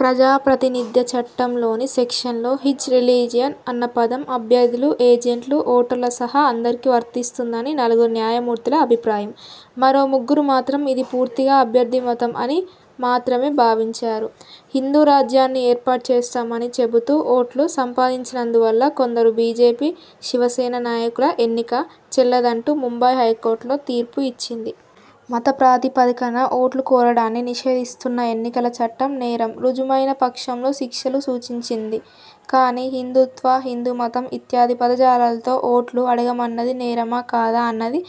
ప్రజాప్రాతినిథ్య చట్టంలోని సెక్షన్ లో 'his religion' అన్న పదం అభ్యర్థులు, ఏజెంట్లు, ఓటర్ల సహా అందరికీ వర్తిస్తుందని నలుగురు న్యాయమూర్తుల అభిప్రాయం. మరో ముగ్గురు మాత్రం ఇది పూర్తిగా అభ్యర్థిమతం అని మాత్రమే భావించారు. హిందూ రాజ్యాన్ని ఏర్పాటు చేస్తామని చెబుతూ ఓట్లు సంపాదించినందువల్ల కొందరు బీజేపీ, శివసేననాయకుల ఎన్నిక చెల్లదంటూ ముంబై హైకోర్టు లో తీర్పు ఇచ్చింది. మత ప్రాతిపదికన ఓట్లు కోరడాన్ని నిషేధిస్తున్న ఎన్నికల చట్టం నేరం రుజువైన పక్షంలో శిక్షలూ సూచించింది. కానీ, హిందూత్వ, హిందూమతం ఇత్యాది పదజాలాలతో ఓట్లు అడగమన్నది నేరమా కాదా అన్నది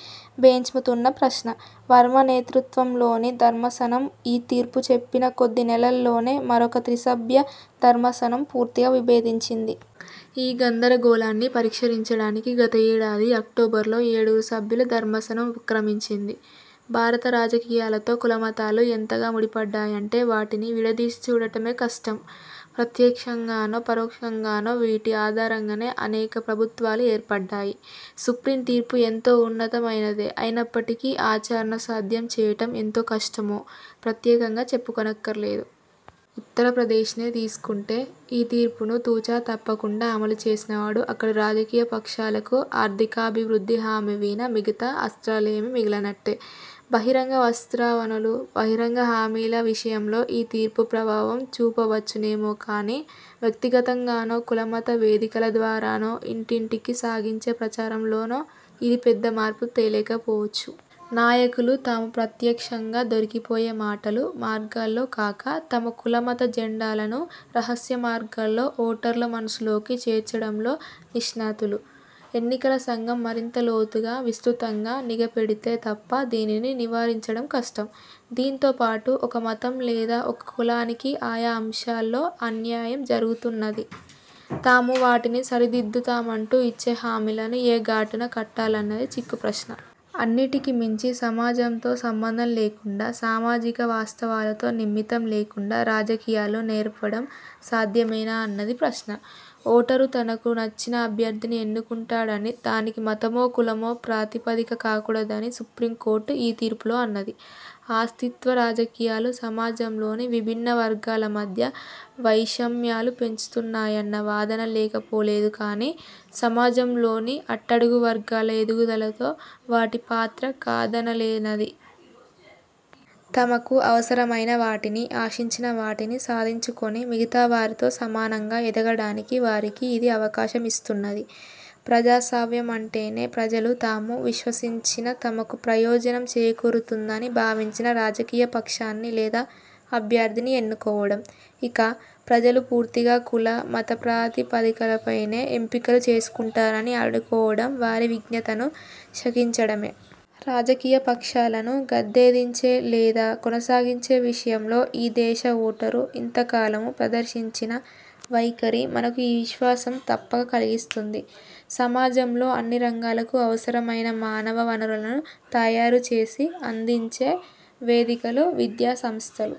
బెంచ్ముంతున్న ప్రశ్న. వర్మ నేతృత్వంలోని ధర్మాసనం ఈ తీర్పు చెప్పిన కొద్దినెలల్లోనే, మరొక త్రిసభ్య ధర్మాసనం పూర్తిగా విభేదించింది. ఈ గందరగోళాన్ని పరిష్కరించడానికి గత ఏడాది అక్టోబర్లో ఏడుగురు సభ్యులు ధర్మాసనం ఉపక్రమించింది. భారత రాజకీయాలతో కులమతాలు ఎంతగా ముడిపడ్డాయంటే వాటిని విడదీసి చూడటమే కష్టం. ప్రత్యక్షంగానో, పరోక్షంగానో వీటి ఆధారంగానే అనేక ప్రభుత్వాలు ఏర్పడ్డాయి. సుప్రీం తీర్పు ఎంతో ఉన్నతమైనదే అయినప్పటికీ, ఆచరణ సాధ్యం చేయడం ఎంతో కష్టమో ప్రత్యేకంగా చెప్పుకోనక్కరలేదు. ఉత్తరప్రదేశ్నే తీసుకుంటే, ఈ తీర్పును తూచ తప్పకుండా అమలు చేసినవాడు అక్కడి రాజకీయపక్షాలకు ఆర్థికాభివృద్ధి హామీ వినా మిగతా అస్త్రాలేమీ మిగలనట్టే. బహిరంగ ప్రస్తావనలు, బహిరంగ హామీల విషయంలో ఈ తీర్పు ప్రభావం చూపవచ్చునేమో కానీ, వ్యక్తిగతంగానో, కులమత వేదికలద్వారానో, ఇంటింటికీ సాగించే ప్రచారంలోనో ఇది పెద్ద మార్పు తేలేకపోవచ్చు. నాయకులు తాము ప్రత్యక్షంగా దొరికిపోయే మాటలూ, మార్గాల్లో కాక, తమ కుల మత జెండాలను రహస్యమార్గాల్లో ఓటర్ల మనస్సుల్లోకి చేర్చడంలో నిష్ణాతులు. ఎన్నికల సంఘం మరింత లోతుగా, విస్తృతంగా నిఘపెడితే తప్ప దీనిని నివారించడం కష్టం. దీనితోపాటు, ఒక మతం లేదా ఒక కులానికి ఆయా అంశాల్లో అన్యాయం జరుగుతున్నది, తాము వాటిని సరిదిద్దుతామంటూ ఇచ్చే హామీలను ఏ గాటన కట్టాలన్నది చిక్కుప్రశ్న. అన్నింటికీ మించి, సమాజంతో సంబంధం లేకుండా, సామాజిక వాస్తవాలతో నిమిత్తం లేకుండా రాజకీయాలు నెరపడం సాధ్యమేనా అన్నది ప్రశ్న. ఓటరు తనకు నచ్చిన అభ్యర్థిని ఎన్నుకుంటాడనీ, దానికి మతమో కులమో ప్రాతిపదిక కాకూడదని సుప్రీంకోర్టు ఈ తీర్పులో అన్నది. ఆస్తిత్వ రాజకీయాలు సమాజంలోని విభిన్నవర్గాల మధ్య వైషమ్యాలు పెంచుతున్నాయన్న వాదన లేకపోలేదు కానీ, సమాజంలోని అట్టడుగువర్గాల ఎదుగుదలతో వాటి పాత్ర కాదనలేనది. తమకు అవసరమైనవాటినీ, ఆశించినవాటినీ సాధించుకొని మిగతావారితో సమానంగా ఎదగడానికి వారికి ఇది అవకాశమిస్తున్నది. ప్రజాస్వామ్యమంటేనే ప్రజలు తాము విశ్వసించిన, తమకు ప్రయోజనం చేకూరుతుందని భావించిన రాజకీయపక్షాన్నీ లేదా అభ్యర్థిని ఎన్నుకోవడం. ఇక, ప్రజలు పూర్తిగా కుల, మత ప్రాతిపదికలపైనే ఎంపికలు చేసుకుంటారని అనుకోవడమూ వారి విజ్ఞతను శకించడమే. రాజకీయపక్షాలను గద్దెదించే లేదా కొనసాగించే విషయంలో ఈ దేశ ఓటరు ఇంతకాలమూ ప్రదర్శించిన వైఖరి మనకు ఈ విశ్వాసం తప్పక కలిగిస్తుంది. సమాజంలోని అన్నిరంగాలకు అవసరమైన మానవ వనరులను తయారుచేసి, అందించే వేదికలు విద్యాసంస్థలు.